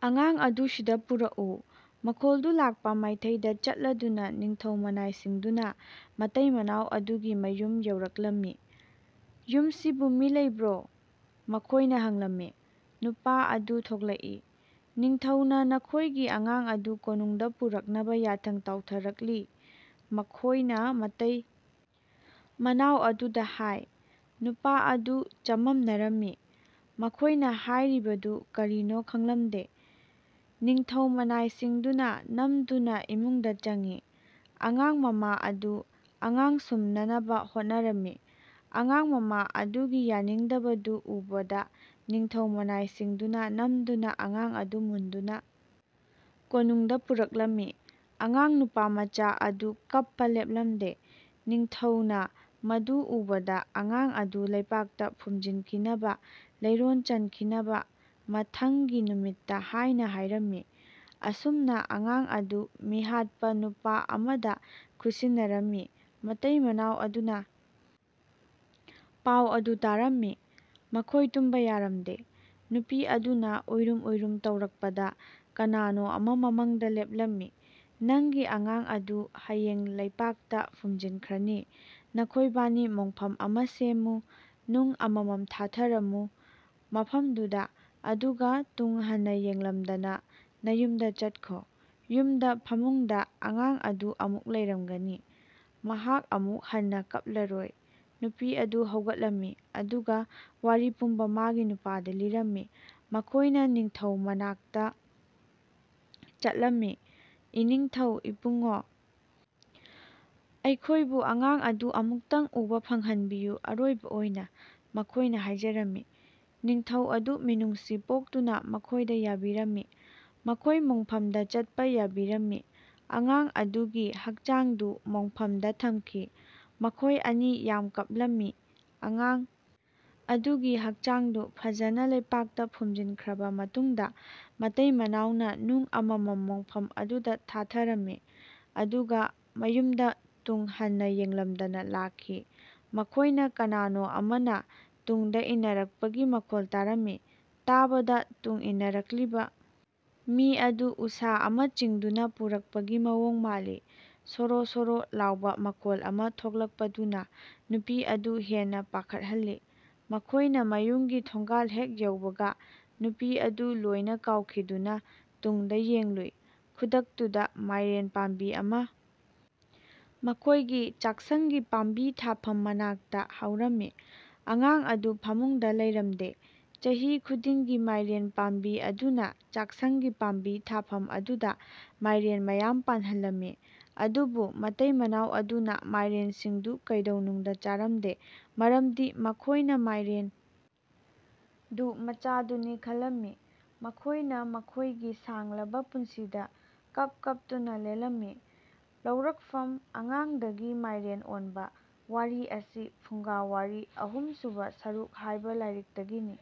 ꯑꯉꯥꯡ ꯑꯗꯨ ꯁꯤꯗ ꯄꯨꯔꯛꯎ꯫" ꯃꯈꯣꯜꯗꯨ ꯂꯥꯛꯄ ꯃꯥꯢꯊꯩꯗ ꯆꯠꯂꯗꯨꯅ ꯅꯤꯡꯊꯧ ꯃꯅꯥꯢꯁꯤꯡꯗꯨꯅ ꯃꯇꯩ ꯃꯅꯥꯎ ꯑꯗꯨꯒꯤ ꯃꯌꯨꯝ ꯌꯧꯔꯛꯂꯝꯃꯤ꯫ "ꯌꯨꯝꯁꯤꯕꯨ ꯃꯤ ꯂꯩꯕꯔꯣ?"ꯃꯈꯣꯢꯅ ꯍꯪꯂꯝꯃꯤ꯫ ꯅꯨꯄꯥ ꯑꯗꯨ ꯊꯣꯛꯂꯛꯏ,"ꯅꯤꯡꯊꯧ ꯅ ꯅꯈꯣꯢ ꯒꯤ ꯑꯉꯥꯡ ꯑꯗꯨ ꯀꯣꯅꯨꯡ ꯗ ꯄꯨꯔꯛꯅꯕ ꯌꯥꯊꯪ ꯇꯥꯎꯊꯔꯛꯂꯤ꯫"ꯃꯈꯣꯢꯅ ꯃꯇꯩ ꯃꯅꯥꯎ ꯑꯗꯨꯗ ꯍꯥꯢ꯫ ꯅꯨꯄꯥ ꯑꯗꯨ ꯆꯃꯝꯅꯔꯝꯃꯤ꯫ ꯃꯈꯣꯢꯅ ꯍꯥꯢꯔꯤꯕꯗꯨ ꯀꯔꯤꯅꯣ ꯈꯪꯂꯝꯗꯦ꯫ ꯅꯤꯡꯊꯧ ꯃꯅꯥꯢꯁꯤꯡꯗꯨꯅ ꯅꯝꯗꯨꯅ ꯏꯃꯨꯡꯗ ꯆꯪꯏ꯫ ꯑꯉꯥꯡ ꯃꯃꯥ ꯑꯗꯨ ꯑꯉꯥꯡ ꯁꯨꯝꯅꯅꯕ ꯍꯣꯠꯅꯔꯝꯃꯤ꯫ ꯑꯉꯥꯡ ꯃꯃꯥ ꯑꯗꯨ ꯒꯤ ꯌꯥꯅꯤꯡꯗꯕꯗꯨ ꯎꯕꯗ ꯅꯤꯡꯊꯧ ꯃꯅꯥꯢꯁꯤꯡꯗꯨꯅ ꯅꯝꯗꯨꯅ ꯑꯉꯥꯡ ꯑꯗꯨ ꯃꯨꯟꯗꯨꯅ ꯀꯣꯅꯨꯡ ꯗ ꯄꯨꯔꯛꯂꯝꯃꯤ꯫ ꯑꯉꯥꯡ ꯅꯨꯄꯥ ꯃꯆꯥ ꯑꯗꯨ ꯀꯞꯄ ꯂꯦꯞꯂꯝꯗꯦ꯫ ꯅꯤꯡꯊꯧ ꯅ ꯃꯗꯨ ꯎꯕꯗ ꯑꯉꯥꯡ ꯑꯗꯨ ꯂꯩꯄꯥꯛꯇ ꯐꯨꯝꯖꯤꯟꯈꯤꯅꯕ (ꯂꯩꯔꯣꯟ ꯆꯟꯈꯤꯅꯕ) ꯃꯊꯪꯒꯤ ꯅꯨꯃꯤꯠꯇ ꯍꯥꯢꯅ ꯍꯥꯢꯔꯝꯃꯤ꯫ ꯑꯁꯨꯝꯅ, ꯑꯉꯥꯡ ꯑꯗꯨ ꯃꯤꯍꯥꯠꯄ ꯅꯨꯄꯥ ꯑꯃꯗ ꯈꯨꯠꯁꯤꯟꯅꯔꯝꯃꯤ꯫ ꯃꯇꯩ ꯃꯅꯥꯎ ꯑꯗꯨꯅ ꯄꯥꯎ ꯑꯗꯨ ꯇꯥꯔꯝꯃꯤ꯫ ꯃꯈꯣꯢ ꯇꯨꯝꯕ ꯌꯥꯔꯝꯗꯦ꯫ ꯅꯨꯄꯤ ꯑꯗꯨꯅ ꯎꯏꯔꯨꯝ ꯎꯏꯔꯨꯝ ꯇꯧꯔꯛꯄꯗ ꯀꯅꯥꯅꯣ ꯑꯃ ꯃꯃꯪꯗ ꯂꯦꯞꯂꯝꯃꯤ꯫ "ꯅꯪꯒꯤ ꯑꯉꯥꯡ ꯑꯗꯨ ꯍꯌꯦꯡ ꯂꯩꯄꯥꯛꯇ ꯐꯨꯝꯖꯤꯟꯈ꯭ꯔꯅꯤ꯫ ꯅꯈꯣꯢꯕꯥꯅꯤ ꯃꯣꯡꯐꯝ ꯑꯃ ꯁꯦꯝꯃꯨ꯫ ꯅꯨꯡ ꯑꯃꯃꯝ ꯊꯥꯊꯔꯝꯃꯨ ꯃꯐꯝꯗꯨꯗ ꯑꯗꯨꯒ ꯇꯨꯡ ꯍꯟꯅ ꯌꯦꯡꯂꯝꯗꯅ ꯅꯌꯨꯝꯗ ꯆꯠꯈꯣ꯫ ꯌꯨꯝꯗ ꯐꯃꯨꯡꯗ ꯑꯉꯥꯡ ꯑꯗꯨ ꯑꯃꯨꯛ ꯂꯩꯔꯝꯒꯅꯤ꯫ ꯃꯍꯥꯛ ꯑꯃꯨꯛ ꯍꯟꯅ ꯀꯞꯂꯔꯣꯢ꯫"ꯅꯨꯄꯤ ꯑꯗꯨ ꯍꯧꯒꯠꯂꯝꯃꯤ꯫ ꯑꯗꯨꯒ ꯋꯥꯔꯤ ꯄꯨꯝꯕ ꯃꯥꯒꯤ ꯅꯨꯄꯥ ꯗ ꯂꯤꯔꯝꯃꯤ꯫ ꯃꯈꯣꯢꯅ ꯅꯤꯡꯊꯧꯒꯤ ꯃꯅꯥꯛꯇ ꯆꯠꯂꯝꯃꯤ꯫ "ꯏꯅꯤꯡꯊꯧ ꯏꯄꯨꯉꯣ! ꯑꯩꯈꯣꯢꯕꯨ ꯑꯉꯥꯡ ꯑꯗꯨ ꯑꯃꯨꯛꯇꯪ ꯎꯕ ꯐꯪꯍꯟꯕꯤꯌꯨ ꯑꯔꯣꯢꯕ ꯑꯣꯢꯅ꯫" ꯃꯈꯣꯢꯅ ꯍꯥꯢꯖꯔꯝꯃꯤ꯫ ꯅꯤꯡꯊꯧ ꯑꯗꯨ ꯃꯤꯅꯨꯡꯁꯤ ꯄꯣꯛꯇꯨꯅ ꯃꯈꯣꯢꯗ ꯌꯥꯕꯤꯔꯝꯃꯤ꯫ ꯃꯈꯣꯢ ꯃꯣꯡꯐꯝ ꯗ ꯆꯠꯄ ꯌꯥꯕꯤꯔꯝꯃꯤ꯫ ꯑꯉꯥꯡ ꯑꯗꯨ ꯒꯤ ꯍꯛꯆꯥꯡꯗꯨ ꯃꯣꯡꯐꯝ ꯗ ꯊꯝꯈꯤ꯫ ꯃꯈꯣꯢ ꯑꯅꯤ ꯌꯥꯝ ꯀꯞꯂꯝꯃꯤ꯫ ꯑꯉꯥꯡ ꯑꯗꯨ ꯒꯤ ꯍꯛꯆꯥꯡꯗꯨ ꯐꯖꯅ ꯂꯩꯄꯥꯛꯇ ꯐꯨꯝꯖꯤꯟꯈ꯭ꯔꯕ ꯃꯇꯨꯡꯗ ꯃꯇꯩ ꯃꯅꯥꯎ ꯅ ꯅꯨꯡ ꯑꯃꯃꯝ ꯃꯣꯡꯐꯝ ꯑꯗꯨꯗ ꯊꯥꯊꯔꯝꯃꯤ꯫ ꯑꯗꯨꯒ ꯃꯌꯨꯝꯗ ꯇꯨꯡ ꯍꯟꯅ ꯌꯦꯡꯂꯝꯗꯅ ꯂꯥꯛꯈꯤ꯫ ꯃꯈꯣꯢ ꯅ ꯀꯅꯥꯅꯣ ꯑꯃ ꯅ ꯇꯨꯡꯗ ꯏꯟꯅꯔꯛꯄꯒꯤ ꯃꯈꯣꯜ ꯇꯥꯔꯝꯃꯤ꯫ ꯇꯥꯕꯗ ꯇꯨꯡ ꯏꯟꯅꯔꯛꯂꯤꯕ ꯃꯤ ꯑꯗꯨ ꯎꯁꯥ ꯑꯃ ꯆꯤꯡꯗꯨꯅ ꯄꯨꯔꯛꯄꯒꯤ ꯃꯑꯣꯡ ꯃꯥꯜꯂꯤ꯫ "ꯁꯣꯔꯣ ꯁꯣꯔꯣ"ꯂꯥꯎꯕ ꯃꯈꯣꯜ ꯑꯃ ꯊꯣꯛꯂꯛꯄꯗꯨꯅ ꯅꯨꯄꯤ ꯑꯗꯨ ꯍꯦꯟꯅ ꯄꯥꯈꯠꯍꯜꯂꯤ꯫ ꯃꯈꯣꯢꯅ ꯃꯌꯨꯝꯒꯤ ꯊꯣꯡꯒꯥꯜ ꯍꯦꯛ ꯌꯧꯕꯒ, ꯅꯨꯄꯤ ꯑꯗꯨ ꯂꯣꯢꯅ ꯀꯥꯎꯈꯤꯗꯨꯅ ꯇꯨꯡ ꯗ ꯌꯦꯡꯂꯨꯏ꯫ ꯈꯨꯗꯛꯇꯨꯗ, ꯃꯥꯢꯔꯦꯟ ꯄꯥꯝꯕꯤ ꯑꯃ ꯃꯈꯣꯢ ꯒꯤ ꯆꯥꯛꯁꯪꯒꯤ ꯄꯥꯝꯕꯤ ꯊꯥꯐꯝ ꯃꯅꯥꯛꯇ ꯍꯧꯔꯝꯃꯤ꯫ ꯑꯉꯥꯡ ꯑꯗꯨ ꯐꯃꯨꯡꯗ ꯂꯩꯔꯝꯗꯦ꯫ ꯆꯍꯤ ꯈꯨꯗꯤꯡꯒꯤ ꯃꯥꯢꯔꯦꯟ ꯄꯥꯝꯕꯤ ꯑꯗꯨꯅ ꯆꯥꯛꯁꯪꯒꯤ ꯄꯥꯝꯕꯤ ꯊꯥꯐꯝ ꯑꯗꯨꯗ ꯃꯥꯢꯔꯦꯟ ꯃꯌꯥꯝ ꯄꯥꯜꯍꯜꯂꯝꯃꯤ꯫ ꯑꯗꯨꯕꯨ ꯃꯇꯩ ꯃꯅꯥꯎ ꯑꯗꯨꯅ ꯃꯥꯢꯔꯦꯟꯁꯤꯡꯗꯨ ꯀꯩꯗꯧꯅꯨꯡꯗ ꯆꯥꯔꯝꯗꯦ꯫ꯃꯔꯝꯗꯤ ꯃꯈꯣꯢ ꯅ ꯃꯥꯢꯔꯦꯟ ꯗꯨ ꯃꯆꯥꯗꯨꯅꯤ ꯈꯜꯂꯝꯃꯤ꯫ ꯃꯈꯣꯢ ꯅ ꯃꯈꯣꯢ ꯒꯤ ꯁꯥꯡꯂꯕ ꯄꯨꯟꯁꯤꯗꯨ ꯀꯞ ꯀꯞꯇꯨꯅ ꯂꯦꯜꯂꯝꯃꯤ꯫ ꯂꯧꯔꯛꯐꯝ "ꯑꯉꯥꯡ ꯗꯒꯤ ꯃꯥꯢꯔꯦꯟ ꯑꯣꯟꯕ" ꯋꯥꯔꯤ ꯑꯁꯤ "ꯐꯨꯡꯒꯥꯋꯥꯔꯤ, ꯑꯍꯨꯝ ꯁꯨꯕ ꯁꯔꯨꯛ" ꯍꯥꯢꯕ ꯂꯥꯢꯔꯤꯛꯇꯒꯤꯅꯤ꯫